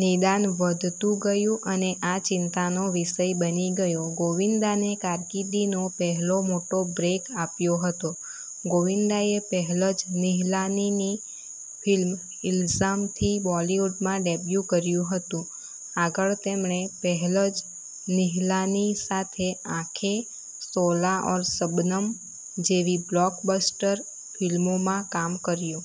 નિદાન વધતું ગયું અને આ ચિંતાનો વિષય બની ગયો. ગોવિંદાને કારકિર્દીનો પહેલો મોટો બ્રેક આપ્યો હતો. ગોવિંદાએ પહેલજ નિહલાનીની ફિલ્મ 'ઇલ્ઝામ' થી બોલિવૂડમાં ડેબ્યૂ કર્યું હતું. આગળ તેમણે પહેલજ નિહલાની સાથે 'આંખેં', 'શોલા ઔર શબનમ' જેવી બ્લોકબસ્ટર ફિલ્મોમાં કામ કર્યું.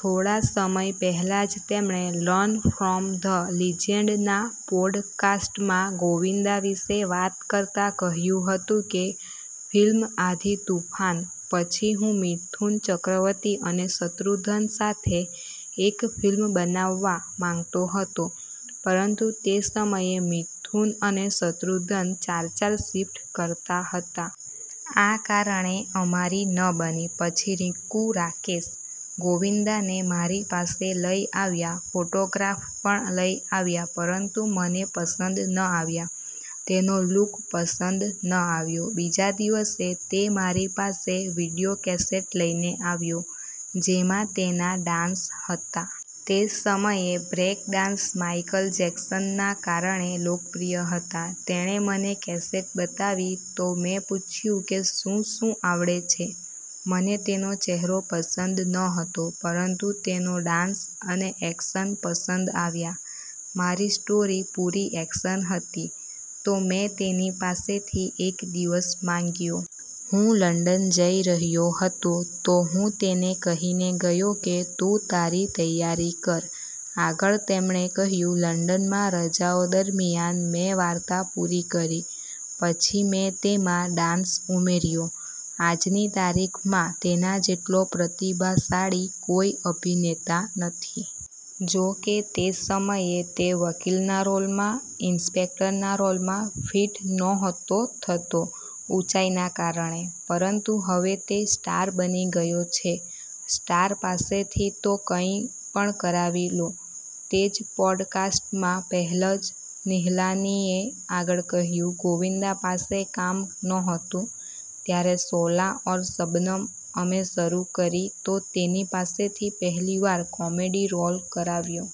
થોડા સમય પહેલા જ તેમણે 'લર્ન ફ્રોમ ધ લિજેન્ડ'ના પોડકાસ્ટમાં ગોવિંદા વિશે વાત કરતા કહ્યું હતું કે, "ફિલ્મ 'આંધી તુફાન' પછી હું મિથુન ચક્રવર્તી અને શત્રુધન સાથે એક ફિલ્મ બનાવવા માંગતો હતો, પરંતુ તે સમયે મિથુન અને શત્રુઘન ચાર-ચાર શિફ્ટ કરતા હતા. આ કારણે અમારી ન બની. પછી રીક્કુ રાકેશ, ગોવિંદાને મારી પાસે લઈ આવ્યા. ફોટોગ્રાફ પણ લઈ આવ્યા, પરંતુ મને પસંદ ન આવ્યા. તેનો લુક પસંદ ન આવ્યો. બીજા દિવસે તે મારી પાસે વીડિયો કેસેટ લઈને આવ્યો, જેમાં તેના ડાન્સ હતા. તે સમયે બ્રેક ડાન્સ માઈકલ જેક્સનના કારણે લોકપ્રિય હતા. તેણે મને કેસેટ બતાવી, તો મેં પૂછ્યું કે 'શું-શું આવડે છે?' મને તેનો ચહેરો પસંદ નહતો, પરંતુ તેનો ડાન્સ અને એક્શન પસંદ આવ્યા. મારી સ્ટોરી પૂરી એક્શન હતી, તો મેં તેની પાસેથી એક દિવસ માંગ્યો. હું લંડન જઈ રહ્યો હતો, તો હું તેને કહીને ગયો કે તું તારી તૈયારી કર." આગળ તેમણે કહ્યું, "લંડનમાં રજાઓ દરમિયાન મેં વાર્તા પૂરી કરી. પછી મેં તેમાં ડાન્સ ઉમેર્યો. આજની તારીખમાં તેના જેટલો પ્રતિભાશાળી કોઈ અભિનેતા નથી. જોકે તે સમયે તે વકીલના રોલમાં, ઇન્સ્પેક્ટરના રોલમાં ફિટ નહોતો થતો, ઊંચાઈના કારણે. પરંતુ હવે તે સ્ટાર બની ગયો છે, સ્ટાર પાસેથી તો કંઈ પણ કરાવી લો. તે જ પોડકાસ્ટમાં પહેલજ નિહલાનીએ આગળ કહ્યું, "ગોવિંદા પાસે કામ નહોતું, ત્યારે 'શોલા ઔર શબનમ' અમે શરૂ કરી, તો તેની પાસેથી પહેલીવાર કોમેડી રોલ કરાવ્યો.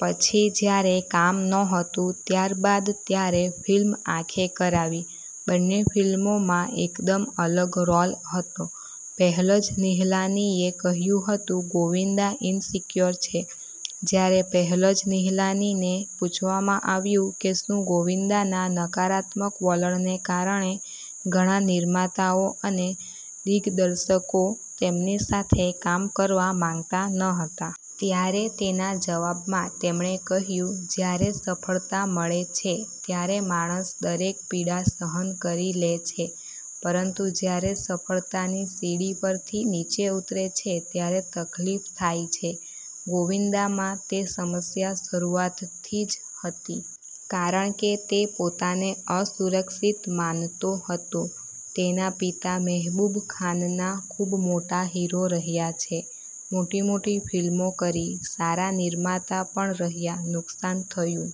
પછી જ્યારે કામ નહોતું, ત્યારબાદ ત્યારે ફિલ્મ 'આંખે' કરાવી. બંને ફિલ્મોમાં એકદમ અલગ રોલ હતો." પહેલજ નિહલાનીએ કહ્યું હતું, "ગોવિંદા ઇનસિક્યોર છે." જ્યારે પહેલજ નિહલાનીને પૂછવામાં આવ્યું કે, 'શું ગોવિંદાના નકારાત્મક વલણને કારણે ઘણા નિર્માતાઓ અને દિગ્દર્શકો તેમની સાથે કામ કરવા માંગતા ન હતા?' ત્યારે તેના જવાબમાં તેમણે કહ્યું, "જ્યારે સફળતા મળે છે, ત્યારે માણસ દરેક પીડા સહન કરી લે છે, પરંતુ જ્યારે સફળતાની સીડી પરથી નીચે ઉતરે છે ત્યારે તકલીફ થાય છે. ગોવિંદામાં તે સમસ્યા શરૂઆતથી જ હતી. કારણ કે તે પોતાને અસુરક્ષિત માનતો હતો. તેના પિતા મહેબૂબ ખાનના ખૂબ મોટા હીરો રહ્યા છે. મોટી-મોટી ફિલ્મો કરી, સારા નિર્માતા પણ રહ્યા, નુકસાન થયું.